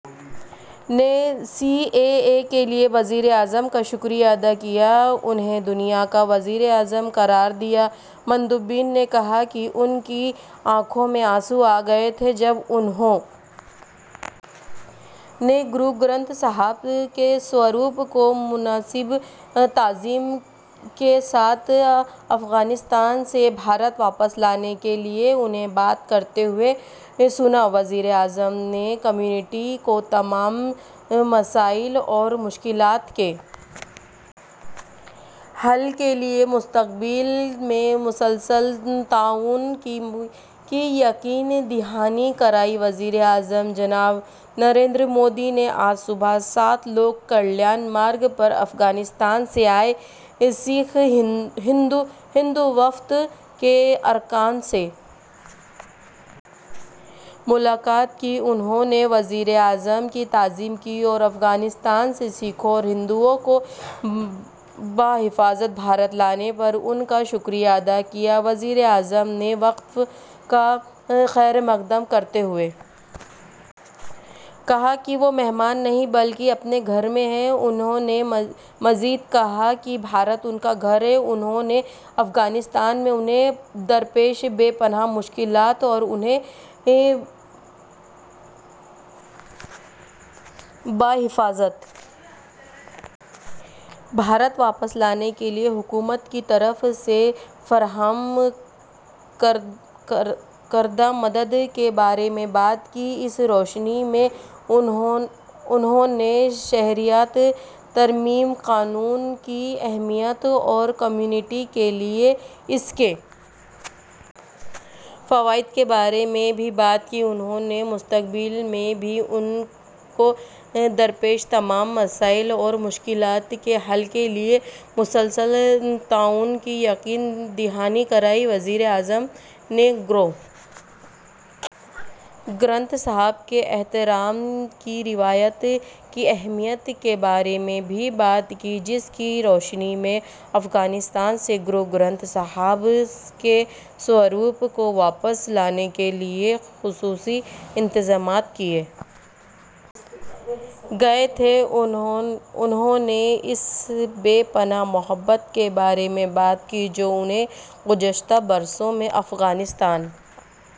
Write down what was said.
نے C A A کے لیے وزیر اعظم کا شکریہ ادا کیا انہیں دنیا کا وزیر اعظم قرار دیا مندوبین نے کہا کہ ان کی آنکھوں میں آنسو آ گئے تھے جب انہوں نے گرو گرنتھ صاحب کے سوروپ کو مناسب تعظیم کے ساتھ افغانستان سے بھارت واپس لانے کے لیے انہیں بات کرتے ہوئے سنا وزیر اعظم نے کمیونٹی کو تمام مسائل اور مشکلات کے حل کے لیے مستقبل میں مسلسل تعاون کی یقین دہانی کرائی وزیر اعظم جناب نریندر مودی نے آج صبح سات لوک کلیان مارگ پر افغانستان سے آئے سکھ ہندو وفد کے ارکان سے ملاقات کی انہوں نے وزیر اعظم کی تعظیم کی اور افغانستان سے سکھوں اور ہندوؤں کو بحفاظت بھارت لانے پر ان کا شکریہ ادا کیا وزیر اعظم نے وفد کا خیرمقدم کرتے ہوئے کہا کہ وہ مہمان نہیں ہیں بلکہ اپنے گھر میں ہیں انہوں نے مزید کہا کہ بھارت ان کا گھر ہے انہوں نے افغانستان میں انہیں درپیش بے پناہ مشکلات اور انہیں بحفاظت بھارت واپس لانے کے لیے حکومت کی طرف سے فراہم کردہ مدد کے بارے میں بات کی اس روشنی میں انہوں نے شہریت ترمیمی قانون کی اہمیت اور کمیونٹی کے لیے اس کے فوائد کے بارے میں بھی بات کی انہوں نے مستقبل میں بھی ان کو درپیش تمام مسائل اور مشکلات کے حل کے لیے مسلسل تعاون کی یقین دہانی کرائی وزیر اعظم نے گرو گرنتھ صاحب کے احترام کی روایت کی اہمیت کے بارے میں بھی بات کی جس کی روشنی میں افغانستان سے گرو گرنتھ صاحب کے سوروپ کو واپس لانے کے لیے خصوصی انتظامات کیے گئے تھے انہوں نے اس بے پناہ محبت کے بارے میں بات کی جو انہیں گزشتہ برسوں میں افغانستان